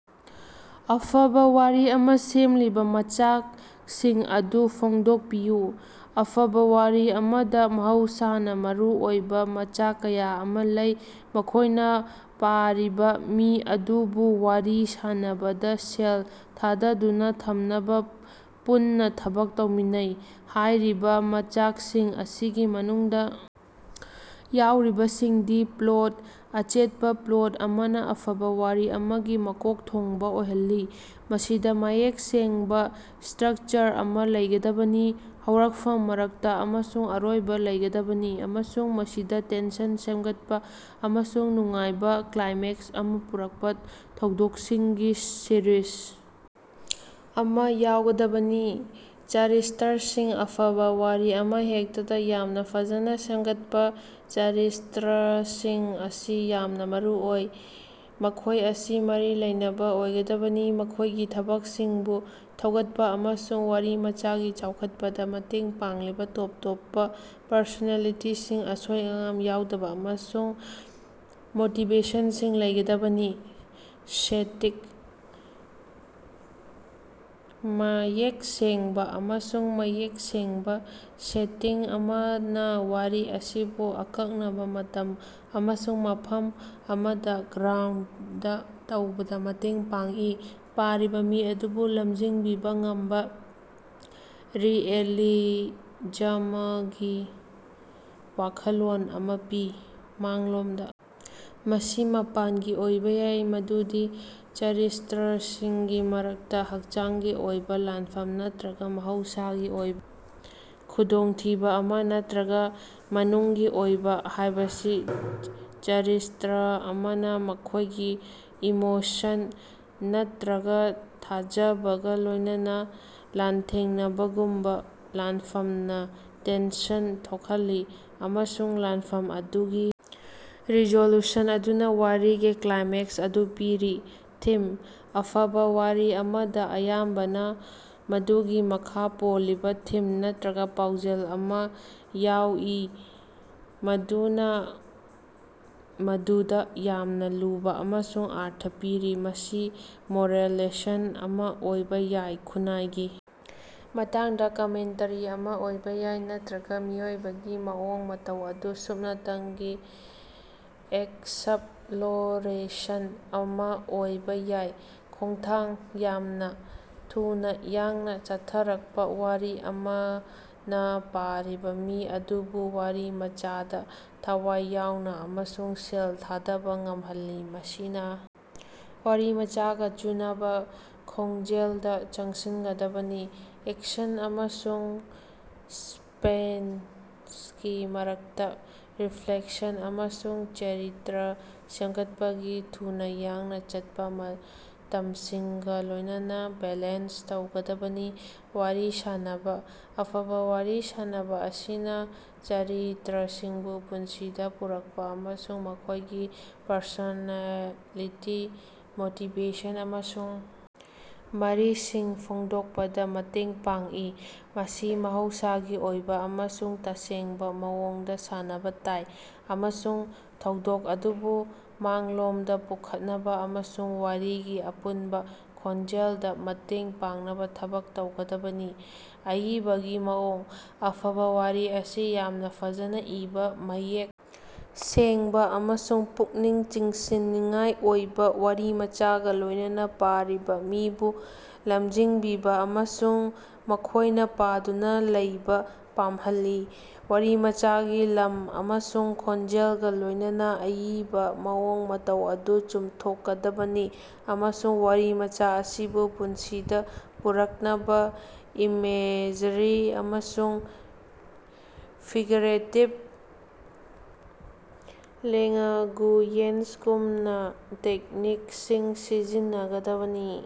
ꯑꯐꯕꯥ ꯋꯥꯔꯤ ꯑꯃꯥ ꯁꯦꯝꯂꯤꯕꯥ ꯃꯆꯥꯛꯁꯤꯡ ꯑꯗꯨ ꯐꯣꯡꯗꯣꯛꯄꯤꯌꯨ꯫ ꯑꯐꯕꯥ ꯋꯥꯔꯤ ꯑꯃꯗꯥ ꯃꯍꯧꯁꯥꯅꯥ ꯃꯔꯨ ꯑꯣꯏꯕꯥ ꯃꯆꯥꯛ ꯀꯌꯥ ꯑꯃꯥ ꯂꯩ꯫ ꯃꯈꯣꯏꯅꯥ ꯄꯥꯔꯤꯕꯥ ꯃꯤ ꯑꯗꯨꯕꯨ ꯋꯥꯔꯤ ꯁꯥꯟꯅꯕꯗꯥ ꯁꯦꯜ ꯊꯥꯗꯗꯨꯅꯥ ꯊꯝꯅꯕꯥ ꯄꯨꯟꯅꯥ ꯊꯕꯛ ꯇꯧꯃꯤꯟꯅꯩ꯫ ꯍꯥꯏꯔꯤꯕꯥ ꯃꯆꯥꯛꯁꯤꯡ ꯑꯁꯤꯒꯤ ꯃꯅꯨꯡꯗꯥ ꯌꯥꯎꯔꯤꯕꯁꯤꯡꯗꯤ: ꯄ꯭ꯂꯣꯠ: ꯑꯆꯦꯠꯄꯥ ꯄ꯭ꯂꯣꯠ ꯑꯃꯅꯥ ꯑꯐꯕꯥ ꯋꯥꯔꯤ ꯑꯃꯒꯤ ꯃꯀꯣꯛ ꯊꯣꯡꯕꯥ ꯑꯣꯏꯍꯜꯂꯤ꯫ ꯃꯁꯤꯗꯥ ꯃꯌꯦꯛ ꯁꯦꯡꯕꯥ ꯁ꯭ꯇꯔꯛꯆꯔ ꯑꯃꯥ ꯂꯩꯒꯗꯕꯅꯤ꯫ ꯍꯧꯔꯛꯐꯝ ꯃꯔꯛꯇꯥ ꯑꯃꯁꯨꯡ ꯑꯔꯣꯏꯕꯥ ꯂꯩꯒꯗꯕꯅꯤ꯫ ꯑꯃꯁꯨꯡ ꯃꯁꯤꯗꯥ ꯇꯦꯟꯁꯟ ꯁꯦꯝꯒꯠꯄꯥ ꯑꯃꯁꯨꯡ ꯅꯨꯡꯉꯥꯏꯕꯥ ꯀ꯭ꯂꯥꯏꯃꯦꯛꯁ ꯑꯃꯥ ꯄꯨꯔꯛꯄꯥ ꯊꯧꯗꯣꯛꯁꯤꯡꯒꯤ ꯁꯤꯔꯤꯖ ꯑꯃꯥ ꯌꯥꯎꯒꯗꯕꯅꯤ꯫ ꯆꯔꯤꯁꯇ꯭ꯔꯁꯤꯡ: ꯑꯐꯕꯥ ꯋꯥꯔꯤ ꯑꯃꯍꯦꯛꯇꯗꯥ ꯌꯥꯝꯅꯥ ꯐꯖꯅꯥ ꯁꯦꯝꯒꯠꯄꯥ ꯆꯔꯤꯁꯇ꯭ꯔꯁꯤꯡ ꯑꯁꯤ ꯌꯥꯝꯅꯥ ꯃꯔꯨ ꯑꯣꯏ꯫ ꯃꯈꯣꯏ ꯑꯁꯤ ꯃꯔꯤ ꯂꯩꯅꯕꯥ ꯑꯣꯏꯒꯗꯕꯅꯤ꯫ ꯃꯈꯣꯏꯒꯤ ꯊꯕꯛꯁꯤꯡꯕꯨ ꯊꯧꯒꯠꯄꯥ ꯑꯃꯁꯨꯡ ꯋꯥꯔꯤꯃꯆꯥꯒꯤ ꯆꯥꯎꯈꯠꯄꯗꯥ ꯃꯇꯦꯡ ꯄꯥꯡꯂꯤꯕꯥ ꯇꯣꯞ ꯇꯣꯞꯄꯥ ꯄꯔꯁꯣꯅꯦꯂꯤꯇꯤꯁꯤꯡ, ꯑꯁꯣꯏ-ꯑꯉꯥꯝ ꯌꯥꯎꯗꯕꯥ ꯑꯃꯁꯨꯡ ꯃꯣꯇꯤꯕꯦꯁꯟꯁꯤꯡ ꯂꯩꯒꯗꯕꯅꯤ꯫ ꯁꯦꯇꯤꯛ: ꯃꯌꯦꯛ ꯁꯦꯡꯕꯥ ꯑꯃꯁꯨꯡ ꯃꯌꯦꯛ ꯁꯦꯡꯕꯥ ꯁꯦꯇꯤꯡ ꯑꯃꯅꯥ ꯋꯥꯔꯤ ꯑꯁꯤꯕꯨ ꯑꯀꯛꯅꯕꯥ ꯃꯇꯝ ꯑꯃꯁꯨꯡ ꯃꯐꯝ ꯑꯃꯗꯥ ꯒ꯭ꯔꯥꯎꯟꯗ ꯇꯧꯕꯗꯥ ꯃꯇꯦꯡ ꯄꯥꯡꯏ꯫ ꯄꯥꯔꯤꯕꯥ ꯃꯤ ꯑꯗꯨꯕꯨ ꯂꯝꯖꯤꯡꯕꯤꯕꯥ ꯉꯝꯕꯥ ꯔꯤꯑꯦꯂꯤꯖꯃꯒꯤ ꯋꯥꯈꯜꯂꯣꯟ ꯑꯃꯥ ꯄꯤ꯫ ꯃꯥꯡꯂꯣꯝꯗ ꯃꯁꯤ ꯃꯄꯥꯟꯒꯤ ꯑꯣꯏꯕꯥ ꯌꯥꯏ, ꯃꯗꯨꯗꯤ ꯆꯔꯤꯁꯇ꯭ꯔꯁꯤꯡꯒꯤ ꯃꯔꯛꯇꯥ ꯍꯛꯆꯥꯡꯒꯤ ꯑꯣꯏꯕ ꯂꯥꯟꯐꯝ ꯅꯠꯇ꯭ꯔꯒꯥ ꯃꯍꯧꯁꯥꯒꯤ ꯑꯣꯏꯕꯥ ꯈꯨꯗꯣꯡꯊꯤꯕꯥ ꯑꯃꯥ ꯅꯠꯇ꯭ꯔꯒꯥ ꯃꯅꯨꯡꯒꯤ ꯑꯣꯏꯕꯥ, ꯍꯥꯏꯕꯗꯤ ꯆꯔꯤꯁꯇ꯭ꯔ ꯑꯃꯅꯥ ꯃꯈꯣꯏꯒꯤ ꯏꯃꯣꯁꯟ ꯅꯠꯇ꯭ꯔꯒꯥ ꯊꯥꯖꯕꯒꯥ ꯂꯣꯏꯅꯅꯥ ꯂꯥꯟꯊꯦꯡꯅꯕꯒꯨꯝꯕꯥ ꯂꯥꯟꯐꯝꯅꯥ ꯇꯦꯟꯁꯟ ꯊꯣꯛꯍꯜꯂꯤ꯫ ꯑꯃꯁꯨꯡ ꯂꯥꯟꯐꯝ ꯑꯗꯨꯒꯤ ꯔꯤꯖꯣꯂꯨꯁꯟ ꯑꯗꯨꯅꯥ ꯋꯥꯔꯤꯒꯤ ꯀ꯭ꯂꯥꯏꯃꯦꯛꯁ ꯑꯗꯨ ꯄꯤꯔꯤ꯫ ꯊꯤꯝ: ꯑꯐꯕꯥ ꯋꯥꯔꯤ ꯑꯃꯗꯥ ꯑꯌꯥꯝꯕꯅꯥ ꯃꯗꯨꯒꯤ ꯃꯈꯥ ꯄꯣꯜꯂꯤꯕꯥ ꯊꯤꯝ ꯅꯠꯇ꯭ꯔꯒꯥ ꯄꯥꯎꯖꯦꯜ ꯑꯃꯥ ꯌꯥꯎꯏ ꯃꯗꯨꯅꯥ ꯃꯗꯨꯗꯥ ꯌꯥꯝꯅꯥ ꯂꯨꯕꯥ ꯑꯃꯁꯨꯡ ꯑꯔꯊ ꯄꯤꯔꯤ꯫ ꯃꯁꯤ ꯃꯣꯔꯦꯜ ꯂꯦꯁꯟ ꯑꯃꯥ ꯑꯣꯏꯕꯥ ꯌꯥꯏ ꯈꯨꯟꯅꯥꯏꯒꯤ ꯃꯇꯥꯡꯗꯥ ꯀꯃꯦꯟꯇꯔꯤ ꯑꯃꯥ ꯑꯣꯏꯕꯥ ꯌꯥꯏ ꯅꯠꯇ꯭ꯔꯒꯥ ꯃꯤꯑꯣꯏꯕꯒꯤ ꯃꯑꯣꯡ ꯃꯇꯧ ꯑꯗꯨ ꯁꯨꯞꯅꯇꯪꯒꯤ ꯑꯦꯛꯁꯞꯂꯣꯔꯦꯁꯟ ꯑꯃꯥ ꯑꯣꯏꯕꯥ ꯌꯥꯏ꯫ ꯈꯣꯡꯊꯥꯡ: ꯌꯥꯝꯅꯥ ꯊꯨꯅꯥ ꯌꯥꯡꯅꯥ ꯆꯠꯊꯔꯛꯄꯥ ꯋꯥꯔꯤ ꯑꯃꯅꯥ ꯄꯥꯔꯤꯕꯥ ꯃꯤ ꯑꯗꯨꯕꯨ ꯋꯥꯔꯤꯃꯆꯥꯗꯥ ꯊꯋꯥꯏ ꯌꯥꯎꯅꯥ ꯑꯃꯁꯨꯡ ꯁꯦꯜ ꯊꯥꯗꯕꯥ ꯉꯝꯍꯜꯂꯤ꯫ ꯃꯁꯤꯅꯥ ꯋꯥꯔꯤꯃꯆꯥꯒꯥ ꯆꯨꯅꯕꯥ ꯈꯣꯡꯖꯦꯜꯗꯥ ꯆꯪꯁꯤꯟꯒꯗꯕꯅꯤ꯫ ꯑꯦꯛꯁꯟ ꯑꯃꯁꯨꯡ ꯁꯁ꯭ꯄꯦꯟꯁꯀꯤ ꯃꯔꯛꯇꯥ ꯔꯤꯐ꯭ꯂꯦꯛꯁꯟ ꯑꯃꯁꯨꯡ ꯆꯔꯤꯇ꯭ꯔ ꯁꯦꯝꯒꯠꯄꯒꯤ ꯊꯨꯅꯥ ꯌꯥꯡꯅꯥ ꯆꯠꯄꯥ ꯃꯇꯝꯁꯤꯡꯒꯥ ꯂꯣꯏꯅꯅꯥ ꯕꯦꯂꯦꯟꯁ ꯇꯧꯒꯗꯕꯅꯤ꯫ ꯋꯥꯔꯤ ꯁꯥꯅꯕꯥ: ꯑꯐꯕꯥ ꯋꯥꯔꯤ ꯁꯥꯅꯕꯥ ꯑꯁꯤꯅꯥ ꯆꯔꯤꯇ꯭ꯔꯁꯤꯡꯕꯨ ꯄꯨꯟꯁꯤꯗꯥ ꯄꯨꯔꯛꯄꯥ ꯑꯃꯁꯨꯡ ꯃꯈꯣꯏꯒꯤ ꯄꯔꯁꯣꯅꯦꯂꯤꯇꯤ, ꯃꯣꯇꯤꯕꯦꯁꯟ, ꯑꯃꯁꯨꯡ ꯃꯔꯤꯁꯤꯡ ꯐꯣꯡꯗꯣꯛꯄꯗꯥ ꯃꯇꯦꯡ ꯄꯥꯡꯏ꯫ ꯃꯁꯤ ꯃꯍꯧꯁꯥꯒꯤ ꯑꯣꯏꯕꯥ ꯑꯃꯁꯨꯡ ꯇꯁꯦꯡꯕꯥ ꯃꯑꯣꯡꯗꯥ ꯁꯥꯅꯕꯥ ꯇꯥꯏ꯫ꯑꯃꯁꯨꯡ ꯊꯧꯗꯣꯛ ꯑꯗꯨꯕꯨ ꯃꯥꯡꯂꯣꯝꯗꯥ ꯄꯨꯈꯠꯅꯕꯥ ꯑꯃꯁꯨꯡ ꯋꯥꯔꯤꯒꯤ ꯑꯄꯨꯟꯕꯥ ꯈꯣꯟꯖꯦꯜꯗꯥ ꯃꯇꯦꯡ ꯄꯥꯡꯅꯕꯥ ꯊꯕꯛ ꯇꯧꯒꯗꯕꯅꯤ꯫ ꯑꯏꯕꯒꯤ ꯃꯑꯣꯡ: ꯑꯐꯕꯥ ꯋꯥꯔꯤ ꯑꯁꯤ ꯌꯥꯝꯅꯥ ꯐꯖꯅꯥ ꯏꯕꯥ, ꯃꯌꯦꯛ ꯁꯦꯡꯕꯥ ꯑꯃꯁꯨꯡ ꯄꯨꯛꯅꯤꯡ ꯆꯤꯡꯁꯤꯟꯅꯤꯡꯉꯥꯏ ꯑꯣꯏꯕꯥ ꯋꯥꯔꯤꯃꯆꯥꯒꯥ ꯂꯣꯏꯅꯅꯥ ꯄꯥꯔꯤꯕꯥ ꯃꯤꯕꯨ ꯂꯃꯖꯤꯡꯕꯤꯕꯥ ꯑꯃꯁꯨꯡ ꯃꯈꯣꯏꯅꯥ ꯄꯥꯗꯨꯅꯥ ꯂꯩꯕꯥ ꯄꯥꯝꯍꯜꯂꯤ꯫ ꯋꯥꯔꯤꯃꯆꯥꯒꯤ ꯂꯝ ꯑꯃꯁꯨꯡ ꯈꯣꯟꯖꯦꯜꯒꯥ ꯂꯣꯏꯅꯅꯥ ꯑꯏꯕꯥ ꯃꯑꯣꯡ ꯃꯇꯧ ꯑꯗꯨ ꯆꯨꯝꯊꯣꯛꯀꯗꯕꯅꯤ꯫ ꯑꯃꯁꯨꯡ ꯋꯥꯔꯤꯃꯆꯥ ꯑꯁꯤꯕꯨ ꯄꯨꯟꯁꯤꯗꯥ ꯄꯨꯔꯛꯅꯕꯥ ꯏꯃꯦꯖꯔꯤ ꯑꯃꯁꯨꯡ ꯐꯤꯒꯔꯦꯇꯤꯕ ꯂꯦꯉꯒꯨꯌꯦꯟꯖꯒꯨꯝꯕꯥ ꯇꯦꯛꯅꯤꯛꯁꯤꯡ ꯁꯤꯖꯤꯟꯅꯒꯗꯕꯅꯤ꯫